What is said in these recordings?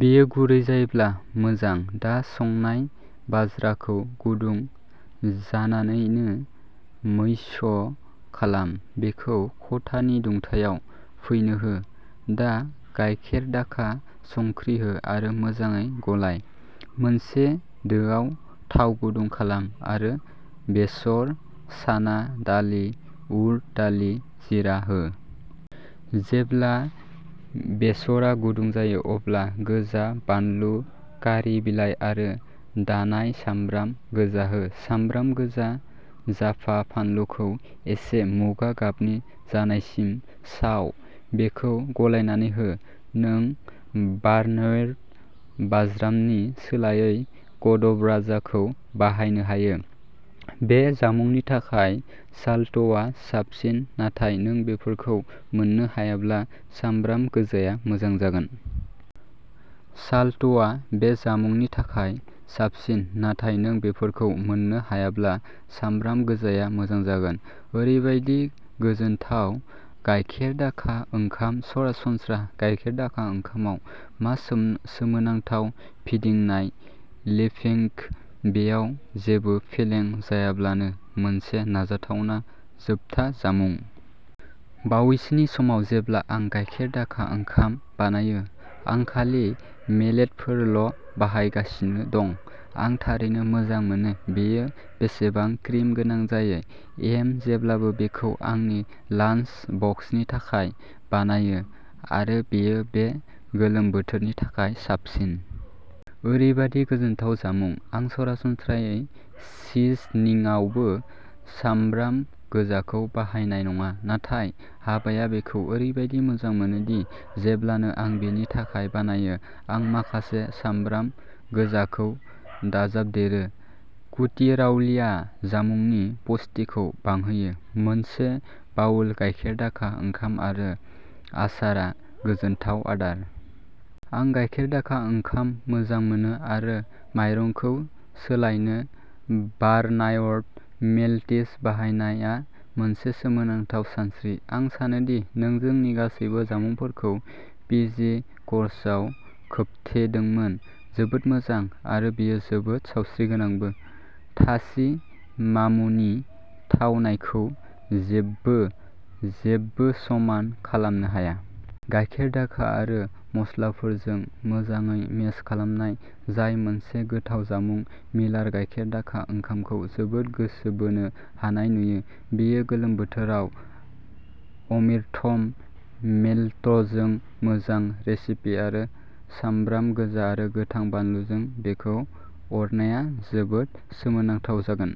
बेयो गुरै जायोब्ला मोजां। दा संनाय बाज्राखौ गुदुं जानानैनो मैस' खालाम। बेखौ खथानि दुंथायाव फैनो हो। दा गाइखेर दाखा, संख्रि हो आरो मोजाङै गलाय। मोनसे दोआव थाव गुदुं खालाम आरो बेसर, चाना दालि, उरद दालि, जीरा हो। जेब्ला बेसरआ गुदुं जायो अब्ला गोजा बानलु, कारि बिलाइ आरो दानाय सामब्राम गोजा हो। सामब्राम गोजा जाफा-फानलुखौ एसे मुगा गाबनि जानायसिम साव। बेखौ गलायनानै हो। नों बार्नयार्ड बाज्रामनि सोलायै कड'बाज्राखौ बाहायनो हायो। बे जामुंनि थाखाय शालटआ साबसिन नाथाय नों बेफोरखौ मोननो हायाब्ला सामब्राम गोजाया मोजां जागोन। शालटुआ बे जामुंनि थाखाय साबसिन नाथाय नों बेफोरखौ मोननो हायाब्ला सामब्राम गोजाया मोजां जागोन। ओरैबादि गोजोनथाव गाइखेरदाखा ओंखाम, सरासनस्रा गाइखेरदाखा ओंखामआव मा सोम सोमोनांथाव फिदिंनाय। लिपिं बेयाव जेबो फेलें जायालाबानो मोनसे नाजाथावना जोबथा जामुं। बावैसोनि समाव, जेब्ला आं गाइखेरदाखा ओंखाम बानायो, आं खालि मिलेटफोरल'बाहायगासिनो दं, आं थारैनो मोजां मोनो बेयो बेसेबां क्रिम गोनां जायो यम जेब्लाबो बेखौ आंनि लान्स बक्सनि थाखाय बानायो आरो बेयो बे गोलोम बोथोरनि थाखाय साबसिन। ओरैबायदि गोजोनथाव जामुं। आं सरासनस्रायै सिजनिंआवबो सामब्राम गोजाखौ बाहायनाय नङा, नाथाय हाबाया बेखौ ओरैबादि मोजां मोनो दि जेब्लानो आं बिनि थाखाय बानायो, आं माखासे सामब्राम गोजाखौ दाजाबदेरो। कुथिरावलीया जामुंनि पुष्टिखौ बांहोयो। मोनसे बाउल गाइखेरदाखा ओंखाम आरो आसारआ गोजोनथाव आदार। आं गाइखेरदाखा ओंखाम मोजां मोनो आरो माइरंखौ सोलायनो बार्नयार्ड मिलटेस बाहायनाया मोनसे सोमोनांथाव सानस्रि। आं सानो दि नों जोंनि गासैबो जामुंफोरखौ पिजे कर्सआव खोबथेदोंमोन, जोबोद मोजां आरो बेयो जोबोद सावस्रिगोनांबो। थाची माम्मुनि थावनायखौ जेब्बो जेब्बो समान खालामनो हाया। गाइखेरदाखा आरो मस्लाफोरजों मोजाङै मेश खालामनाय जाय मोनसे गोथाव जामुं। मिलार गाइखेरदाखा ओंखामखौ जोबोद गोसो बोनो हानाय नुयो। बेयो गोलोम बोथोराव अमिरथम मेलटजों मोजां रेसिपि आरो सामब्राम गोजा आरो गोथां बानलुजों बेखौ अरनाया जोबोद सोमोनांथाव जागोन।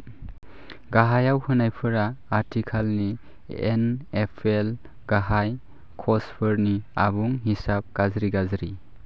गाहायाव होनायफोरा आथिखालनि एनएफएल गाहाय कचफोरनि आबुं हिसाब गाज्रि गाज्रि।